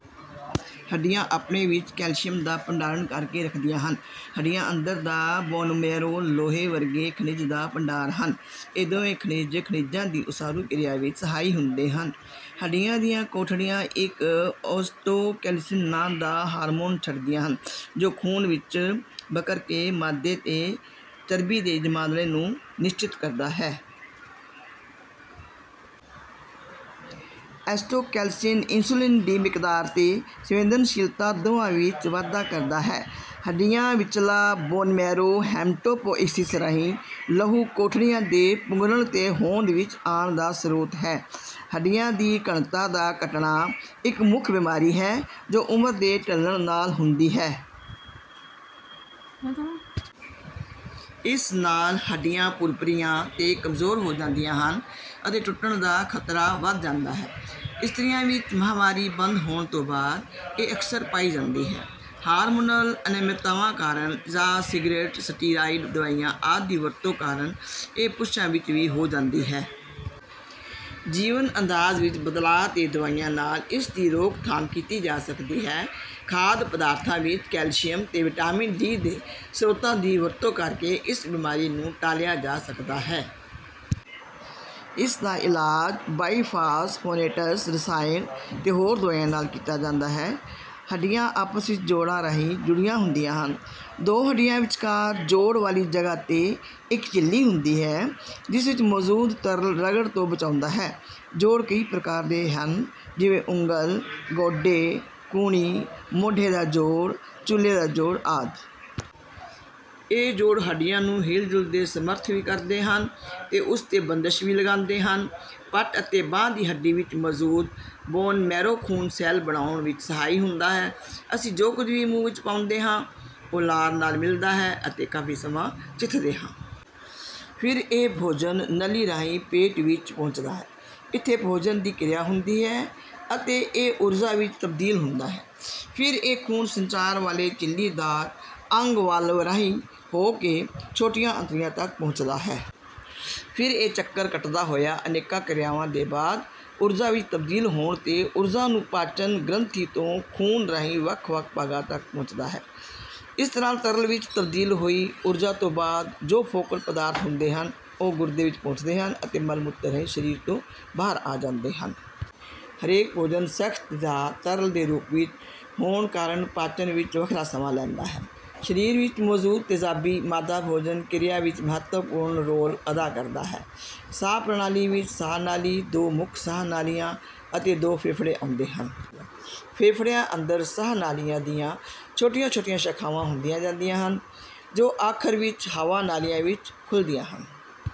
ਹੱਡੀਆਂ ਆਪਣੇ ਵਿੱਚ ਕੈਲਸ਼ੀਅਮ ਦਾ ਭੰਡਾਰਣ ਕਰਕੇ ਰੱਖਦੀਆਂ ਹਨ ਹੱਡੀਆ ਅੰਦਰ ਦਾ ਬੋਨਮੈਰੋ ਲੋਹੇ ਵਰਗੇ ਖਣਿਜ ਦਾ ਭੰਡਾਰ ਹਨ। ਇਹ ਦੋਵੇਂ ਖਣਿਜ ,ਖਣਿਜਾਂ ਦੀ ਉਸਾਰੂ ਕਿਰਿਆ ਵਿੱਚ ਸਹਾਈ ਹੁੰਦੇ ਹਨ। ਹੱਡੀਆ ਦੀਆ ਕੋਠੜੀਆਂ ਇੱਕ ਔਸਟੋਕੈਲਸਿਨ ਨਾਂ ਦਾ ਹਾਰਮੋਨ ਛੱਡਦੀਆਂ ਹਨ ਜੋ ਖੂਨ ਵਿੱਚ ਬਕਰ ਕੇ ਮਾਦੇ ਤੇ ਚਰਬੀ ਦੇ ਜਮਾਵੜੇ ਨੂੰ ਨਿਸ਼ਚਿਤ ਕਰਦਾ ਹੈ। ਔਸਟੋਕੈਲਸਿਨ ਇੰਸੂਲਿਨ ਦੀ ਮਿਕਦਾਰ ਤੇ ਸੰਵੇਦਨਸ਼ੀਲਤਾ ਦੋਵਾਂ ਵਿੱਚ ਵਾਧਾ ਕਰਦਾ ਹੈ। ਹੱਡੀਆਂ ਵਿਚਲਾ ਬੋਨਮੈਰੋ ਹੈਮਟੋਪੋਇਸਿਸ ਰਾਹੀਂ ਲਹੂ ਕੋਠੜੀਆਂ ਦੇ ਪੁੰਗਰਣ ਤੇ ਹੌਂਦ ਵਿੱਚ ਆਣ ਦਾ ਸ੍ਰੋਤ ਹੈ। ਹੱਡੀਆਂ ਦੀ ਘਣਤਾ ਦਾ ਘਟਣਾ ਇੱਕ ਮੁਖ ਬਿਮਾਰੀ ਹੈ ਜੋ ਉਮਰ ਦੇ ਢਲਣ ਨਾਲ ਹੁੰਦੀ ਹੈ। ਇਸ ਨਾਲ ਹੱਡੀਆਂ ਭੁਰਭੁਰੀਆਂ ਤੇ ਕਮਜੋਰ ਹੋ ਜਾਂਦੀਆਂ ਹਨ ਅਤੇ ਟੁੱਟਣ ਦਾ ਖ਼ਤਰਾ ਵੱਧ ਜਾਂਦਾ ਹੈ। ਇਸਤਰੀਆਂ ਵਿੱਚ ਮਾਹਵਾਰੀ ਬੰਦ ਹੋਣ ਤੌਂ ਬਾਦ ਇਹ ਅਕਸਰ ਪਾਈ ਜਾਂਦੀ ਹੈ। ਹਾਰਮੋਨਲ ਅਨਿਯਮਿਤਾਵਾਂ ਕਾਰਨ ਜਾਂ ਸਿਗਰਟ, ਸਟੀਰਾਇਡ ਦਵਾਈਆਂ ਆਦਿ ਦੀ ਵਰਤੋਂ ਕਾਰਨ ਇਹ ਪੁਰਸ਼ਾਂ ਵਿੱਚ ਵੀ ਹੋ ਜਾਂਦੀ ਹੈ। ਜੀਵਨ ਅੰਦਾਜ਼ ਵਿੱਚ ਬਦਲਾਅ ਤੇ ਦਵਾਈਆਂ ਨਾਲ ਇਸ ਦੀ ਰੋਕਥਾਮ ਕੀਤੀ ਜਾ ਸਕਦੀ ਹੈ। ਖਾਧ ਪਦਾਰਥਾਂ ਵਿੱਚ ਕੈਲਸ਼ੀਅਮ ਤੇ ਵਿਟਾਮਿਨ ਡੀ ਦੇ ਸ੍ਰੋਤਾਂ ਦੀ ਵਰਤੋਂ ਕਰਕੇ ਇਸ ਬਿਮਾਰੀ ਨੂੰ ਟਾਲਿਆ ਜਾ ਸਕਦਾ ਹੈ। ਇਸ ਦਾ ਇਲਾਜ ਬਾਈਫਾਸਫੋਨੇਟਸ ਰਸਾਇਣ ਤੇ ਹੋਰ ਦਵਾਈਆਂ ਨਾਲ ਕੀਤਾ ਜਾਂਦਾ ਹੈ। ਹੱਡੀਆਂ ਆਪਸ ਵਿੱਚ ਜੋੜਾਂ ਰਾਹੀਂ ਜੁੜੀਆਂ ਹੁੰਦੀਆ ਹਨ। ਦੋ ਹੱਡੀਆਂ ਵਿਚਕਾਰ ਜੋੜ ਵਾਲੀ ਜਗਾਹ 'ਤੇ ਇੱਕ ਝਿੱਲੀ ਹੁੰਦੀ ਹੈ ਜਿਸ ਵਿੱਚ ਮੌਜ਼ੂਦ ਤਰਲ ਰਗੜ ਤੋਂ ਬਚਾਉਂਦਾ ਹੈ ਜੋੜ ਕਈ ਪ੍ਰਕਾਰ ਦੇ ਹਨ ਜਿਵੇਂ ਉਂਗਲ, ਗੋਡੇ, ਕੂਹਣੀ, ਮੋਢੇ ਦਾ ਜੋੜ, ਚੂਲੇ ਦਾ ਜੋੜ ਆਦਿ। ਇਹ ਜੋੜ ਹੱਡੀਆਂ ਨੂੰ ਹਿਲਜੁਲ ਦੇ ਸਮਰੱਥ ਵੀ ਕਰਦੇ ਹਨ ਤੇ ਉਸ ਤੇ ਬੰਦਸ਼ ਵੀ ਲਗਾਂਦੇ ਹਨ। ਪੱਟ ਅਤੇ ਬਾਂਹ ਦੀ ਹੱਡੀ ਵਿੱਚ ਮੌਜੂਦ ਬੋਨ ਮੈਰੋ ਖੂਨ ਸੈੱਲ ਬਣਾਓੁਣ ਵਿੱਚ ਸਹਾਈ ਹੁੰਦਾ ਹੈ ਅਸੀਂ ਜੋ ਕੁਝ ਵੀ ਮੂੰਹ ਚ ਪਾਉਂਦੇ ਹਾਂ, ਉਹ ਲਾਰ ਨਾਲ ਮਿਲਦਾ ਹੈ ਅਤੇ ਕਾਫ਼ੀ ਸਮਾਂ ਚਿੱਥਦੇ ਹਾਂ। ਫਿਰ ਇਹ ਭੋਜਨ ਨਲੀ ਰਾਹੀਂ ਪੇਟ ਵਿੱਚ ਪਹੁੰਚਦਾ ਹੈ। ਇੱਥੇ ਭੋਜਨ ਦੀ ਕਿਰਿਆ ਹੁੰਦੀ ਹੈ ਅਤੇ ਇਹ ਊੁਰਜਾ ਵਿੱਚ ਤਬਦੀਲ ਹੁੰਦਾ ਹੈ। ਫਿਰ ਇਹ ਖੂਨ ਸੰਚਾਰ ਵਾਲੇ ਝਿੱਲੀਦਾਰ ਅੰਗ ਵਾਲਵ ਰਾਹੀਂ ਹੋ ਕੇ ਛੋਟੀਆਂ ਅੰਤੜੀਆਂ ਤਕ ਪਹੁੰਚਦਾ ਹੈ। ਫਿਰ ਇਹ ਚੱਕਰ ਕੱਟਦਾ ਹੋਇਆ ਅਨੇਕਾਂ ਕਿਰਿਆਵਾਂ ਦੇ ਬਾਅਦ ਊਰਜਾ ਵਿੱਚ ਤਬਦੀਲ ਹੋਣ ਤੇ ਉੂਰਜਾ ਨੂੰ ਪਾਚਨ ਗ੍ਰੰਥੀ ਤੋਂ ਖੂਨ ਰਾਹੀਂ ਵੱਖ-ਵੱਖ ਭਾਗਾਂ ਤਕ ਪਹੁੰਚਦਾ ਹੈ। ਇਸ ਤਰ੍ਹਾਂ ਤਰਲ ਵਿੱਚ ਤਬਦੀਲ ਹੋਈ ਊਰਜਾ ਤੋਂ ਬਾਅਦ ਜੋ ਫੋਕਟ ਪਦਾਰਥ ਹੁੰਦੇ ਹਨ, ਉਹ ਗੁਰਦੇ ਵਿੱਚ ਪਹੁੰਚਦੇ ਹਨ ਅਤੇ ਮਲ-ਮੂਤਰ ਰਾਹੀਂ ਸਰੀਰ ਤੋਂ ਬਾਹਰ ਆ ਜਾਂਦੇ ਹਨ। ਹਰੇਕ ਭੋਜਨ ਸਖ਼ਤ ਜਾਂ ਤਰਲ ਦੇ ਰੂਪ ਵਿੱਚ ਹੋਣ ਕਾਰਨ ਪਾਚਨ ਵਿੱਚ ਵੱਖਰਾ ਸਮਾਂ ਲੈਂਦਾ ਹੈ। ਸਰੀਰ ਵਿੱਚ ਮੌਜੂਦ ਤੇਜ਼ਾਬੀ ਮਾਦਾ ਭੋਜਨ ਕਿਰਿਆ ਵਿੱਚ ਮਹੱਤਵਪੂਰਨ ਰੋਲ ਅਦਾ ਕਰਦਾ ਹੈ ਸਾਹ-ਪ੍ਰਣਾਲੀ ਵਿੱਚ ਸਾਹ-ਨਾਲੀ, ਦੋ ਮੁੱਖ ਸਾਹ-ਨਾਲੀਆਂ ਅਤੇ ਦੋ ਫੇਫੜੇ ਆਉਂਦੇ ਹਨ। ਫੇਫੜਿਆਂ ਅੰਦਰ ਸਾਹ-ਨਾਲੀਆਂ ਦੀਆਂ ਛੋਟੀਆਂ-ਛੋਟੀਆਂ ਸ਼ਾਖ਼ਾਵਾਂ ਹੁੰਦੀਆਂ ਜਾਂਦੀਆਂ ਹਨ ਜੋ ਆਖ਼ਰ ਵਿੱਚ ਹਵਾ ਨਾਲੀਆਂ ਵਿੱਚ ਖੁੱਲ੍ਹਦੀਆਂ ਹਨ।